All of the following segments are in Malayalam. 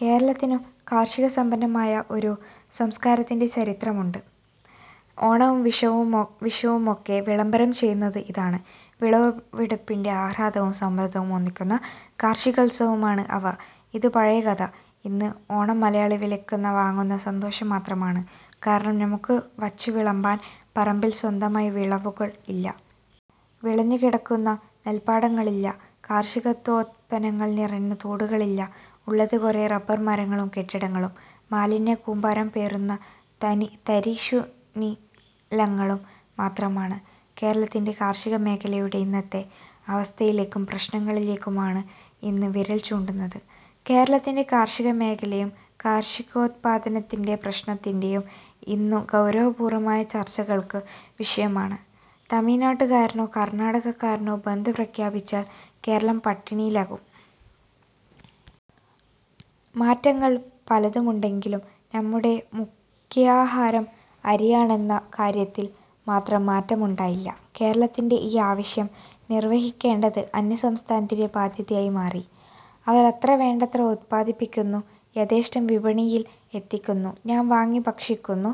കേരളത്തിനു കാർഷികസമ്പന്നമായ ഒരു സംസ്കാരത്തിന്റെ ചരിത്ര മുണ്ട്. ഓണവും വിഷുവുമൊക്കെ വിളംബരം ചെയ്യുന്നത് ഇതാണ്. വിളവെടുപ്പിന്റെ ആഹ്ലാദവും സമൃദ്ധിയും ഒന്നിക്കുന്ന കാർഷി കോത്സവമാണ് അവ. ഇതു പഴയ കഥ. ഇന്ന് ഓണം മലയാളി വിലയ്ക്ക വാങ്ങുന്ന സന്തോഷം മാത്രമാണ്. കാരണം നമുക്കു വച്ചുവിളമ്പാൻ പറമ്പിൽ സ്വന്തമായി വിളവുകൾ ഇല്ല. വിളഞ്ഞുകിടക്കുന്ന നെല്പാട ങ്ങളില്ല. കാർഷികോത്പന്നങ്ങൾ നിറഞ്ഞ തൊടുകളില്ല. ഉള്ളത് കുറെ റബ്ബർ മരങ്ങളും കെട്ടിടങ്ങളും മാലിന്യക്കൂമ്പാരം പേറുന്ന തരിശുനി ലങ്ങളും മാത്രമാണ്. കേരളത്തിന്റെ കാർഷികമേഖലയുടെ ഇന്നത്ത അവസ്ഥയിലേക്കും പ്രശ്നങ്ങളിലേക്കുമാണ് ഇന്ന് വിരൽചൂണ്ടുന്നത്. കേരളത്തിന്റെ കാർഷികമേഖലയും കാർഷികോത്പാദനത്തിലെ പ്രശ്നത്തിന്റേയും ഇന്നു ഗൗരവപൂർവ്വമായ ചർച്ചകൾക്കു വിഷയമാണ്. തമിഴ്നാട്ടുകാരനോ കർണ്ണാടകക്കാരനോ ബന്ദ് പ്രഖ്യാപിച്ചാൽ കേരളം പട്ടിണിയിലാകും. മാറ്റങ്ങൾ പലതുമുണ്ടായെങ്കിലും നമ്മുടെ മുഖ്യാഹാരം അരിയാ ണെന്ന കാര്യത്തിൽ മാത്രം മാറ്റമുണ്ടായില്ല. കേരളത്തിന്റെ ഈ ആവ ശ്യം നിർവഹിക്കേണ്ടത് അന്യസംസ്ഥാനത്തിന്റെ ബാധ്യതയായി മാറി. അവർ അത് വേണ്ടത്ര ഉത്പാദിപ്പിക്കുന്നു. യഥേഷ്ടം വിപണിയിൽ എത്തിക്കുന്നു. നാം വാങ്ങി ഭക്ഷിക്കുന്നു.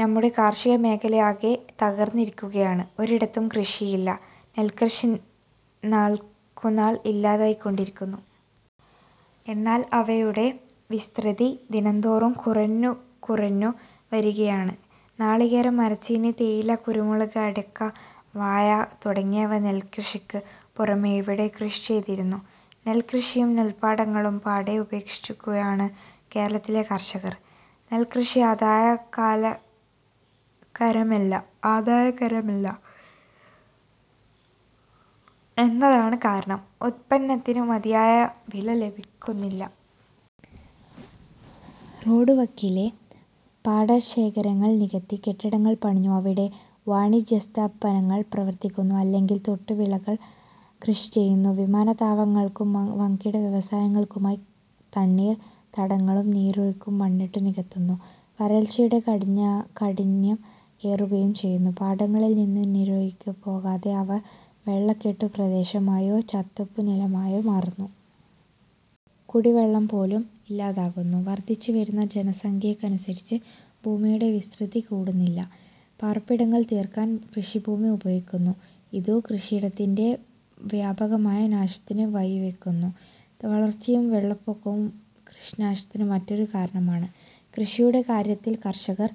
നമ്മുടെ കാർഷികമേഖലയാകെ തകർന്നിരിക്കുകയാണ്. ഒരിടത്തും കൃഷിയില്ല. നെൽക്ക്യഷി നാൾക്കുനാൾ ഇല്ലാതായിക്കൊണ്ടിരിക്കുന്നു. എന്നാൽ അവയുടെ വിസ്തൃതി ദിനന്തോറും കുറഞ്ഞുകു റഞ്ഞു വരികയാണ്. നാളികേരം, മരച്ചീനി, തേയില, കുരുമുളക്, അട യ്ക്ക, വാഴ തുടങ്ങിയവ നെല്ഷിക്കു പുറമേ ഇവിടെ കൃഷി ചെയ്തിരുന്നു. നെല്ഷിയും നെല്പാടങ്ങളും പാടേ ഉപേക്ഷിക്കു കയാണ് കേരളത്തിലെ കർഷകർ. നെല്ഷി ആദായകരമല്ല എന്ന താണ് കാരണം. ഉത്പന്നത്തിനു മതിയായ വില ലഭിക്കുന്നില്ല. റോഡുവക്കിലെ പാടശേ ഖരങ്ങൾ നികത്തി കെട്ടിടങ്ങൾ പണിഞ്ഞു. അവിടെ വാണിജ്യസ്ഥാ പനങ്ങൾ പ്രവർത്തിക്കുന്നു. അല്ലെങ്കിൽ ട് തൊട്ടവിളകൾ കൃഷി ചെയ്യുന്നു. വിമാനത്താവളങ്ങൾക്കും വൻകിട വ്യവസായങ്ങൾക്കുമായി തണ്ണീർ ത്തടങ്ങളും നീരൊഴുക്കും മണ്ണിട്ടു നികത്തുന്നു. വരൾച്ചയുടെ കഠി ന്യം ഏറുകയും ചെയ്യുന്നു. പാടങ്ങളിൽനിന്നും നീരൊഴുകിപ്പോകാതെ അവ വെള്ളക്കെട്ടു പ്രദേശമായോ ചതുപ്പുനിലമായോ മാറുന്നു. കുടി വെള്ളപോലും ഇല്ലാതാകുന്നു. വർദ്ധിച്ചുവരുന്ന ജനസംഖ്യയ്ക്കനുസരിച്ച് ഭൂമിയുടെ വിസ്തൃതി കൂടുന്നില്ല. പാർപ്പിടങ്ങൾ തീർക്കാൻ കൃഷിഭൂമി ഉപയോഗിക്കുന്നു. ഇതു കൃഷിയിടത്തിന്റെ വ്യാപകമായ നാശത്തിനു വഴിവയ്ക്കുന്നു. വളർച്ചയും വെള്ളപ്പൊക്കവും കൃഷിനാശത്തിനു മറ്റൊരു കാരണ മാണ്. കൃഷിയുടെ കാര്യത്തിൽ കർഷകർ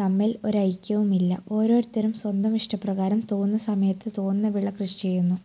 തമ്മിൽ ഒരു ഐക്യവുമില്ല. ഓരോത്തരും സ്വന്തം ഇഷ്ടപ്രകാരം തോന്നുന്നസമയത്ത് തോന്നുന്ന വിള കൃഷി ചെയ്യുന്നു.